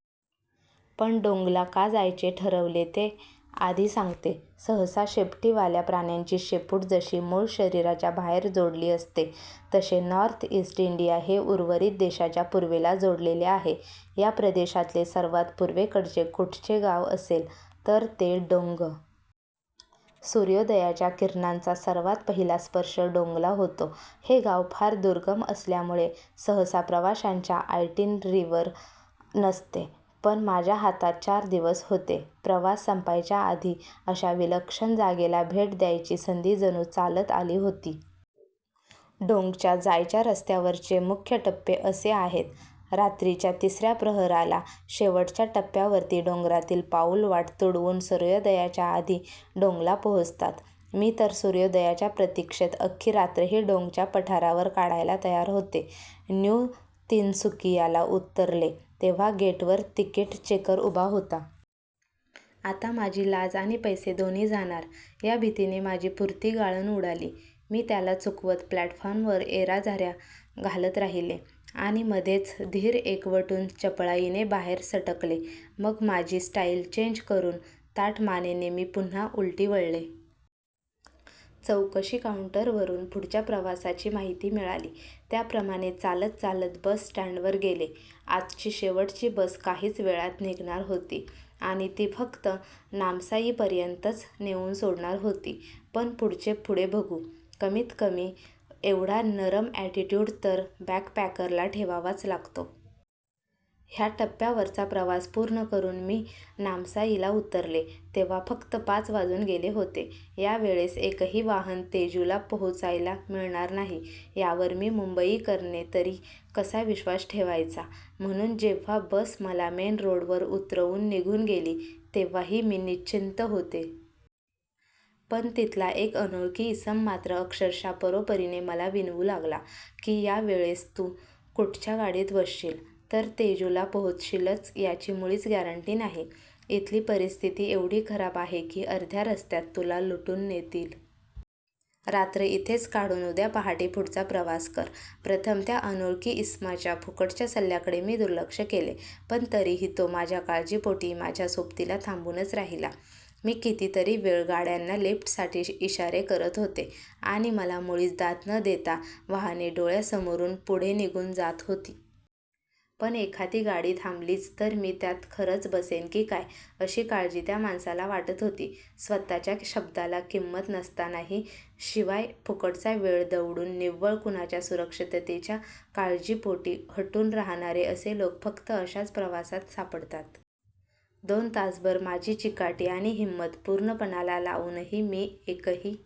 पण डोंगला का जायचे ठरवले ते आधी सांगते. सहसा शेपटीवाल्या प्राण्यांची शेपूट जशी मूळ शरीराच्या बाहेर जोडली असते तसे नॉर्थ इस्ट इंडिया हे उर्वरित देशाच्या पूर्वेला जोडलेले आहे. या प्रदेशातले सर्वात पूर्वेकडचे कुठचे गाव असेल तर ते डोंग! सूर्योदयाच्या किरणांचा सर्वात पहिला स्पर्श डोंगला होतो. हे गाव फार दुर्गम असल्यामुळे सहसा प्रवाशांच्या आयटिनरीवर नसते. पण माझ्या हातात चार दिवस होते. प्रवास संपायच्या आधी अशा विलक्षण जागेला भेट द्यायची संधी जणू चालत आली होती. डोंगच्या जायच्या रस्त्यावरचे मुख्य टप्पे असे आहेत. रात्रीच्या तिसऱ्या प्रहराला शेवटच्या टप्प्यावरची डोंगरातील पाऊलवाट तुडवून सूर्योदयाच्या आधी डोंगला पोहोचतात. मी तर सूर्योदयाच्या प्रतीक्षेत अख्खी रात्रही डोंगच्या पठारावर काढायला तयार होते. न्यू तिनसुकियाला उतरले तेव्हा गेटवर तिकीट चेकर उभा होता. आता माझी लाज आणि पैसे दोन्ही जाणार या भीतीने माझी पुरती गाळण उडाली. मी त्याला चुकवत प्लॅटफॉर्मवर येऱ्याझाऱ्या घालत राहिले आणि मधेच धीर एकवटून चपळाईने बाहेर सटकले. मग माझी स्टाईल चेंज करून ताठ मानेने मी पुन्हा उलटी वळले. चौकशी काउंटरवरून पुढच्या प्रवासाची माहिती मिळाली त्याप्रमाणे चालत चालत बस स्टँडवर गेले. आजची शेवटची बस काहीच वेळात निघणार होती, आणि ती फक्त नाम्साईपर्यंतच नेऊन सोडणार होती. पण पुढचे पुढे बघू! कमीत कमी एवढा नरम अ‍ॅटिट्यूड तर बॅकपॅकरला ठेवावाच लागतो. ह्या टप्प्यावरचा प्रवास पूर्ण करून मी नाम्साईला उतरले तेव्हा फक्त पाच वाजून गेले होते. या वेळेस एकही वाहन तेजूला पोहोचायला मिळणार नाही यावर मी मुंबईकरने तरी कसा विश्वास ठेवायचा? म्हणूनच जेव्हा बस मला मेन रोडवर उतरवून निघून गेली तेव्हाही मी निश्चिंत होते. पण तिथला एक अनोळखी इसम मात्र अक्षरशः परोपरीने मला विनवू लागला की, या वेळेस तू कुठच्या गाडीत बसशील तर तेजूला पोहोचशीलच याची मुळीच गॅरंटी नाही. इथली परिस्थिती एवढी खराब आहे की अर्ध्या रस्त्यात तुला लुटून नेतील. रात्र इथेच काढून उद्या पहाटे पुढचा प्रवास कर. प्रथम त्या अनोळखी इसमाच्या फुकटच्या सल्ल्याकडे मी दुर्लक्ष केले. पण तरीही तो माझ्या काळजीपोटी माझ्या सोबतीला थांबूनच राहिला. मी कितीतरी वेळ गाड्यांना लिफ्टसाठी इशारे करत होते आणि मला मुळीच दाद न देता वाहने डोळ्यासमोरून पुढे निघून जात होती. पण एखादी गाडी थांबलीच तर मी त्यात खरंच बसेन की काय अशी काळजी त्या माणसाला वाटत होती. स्वतःच्या शब्दाला किंमत नसतानाही शिवाय फुकटचा वेळ दवडून, निव्वळ कुणाच्या सुरक्षिततेच्या काळजीपोटी हटून राहणारे असे लोक फक्त अशाच प्रवासात सापडतात. दोन तासभर माझी चिकाटी आणि हिंमत पूर्णपणाला लावूनही मी एकही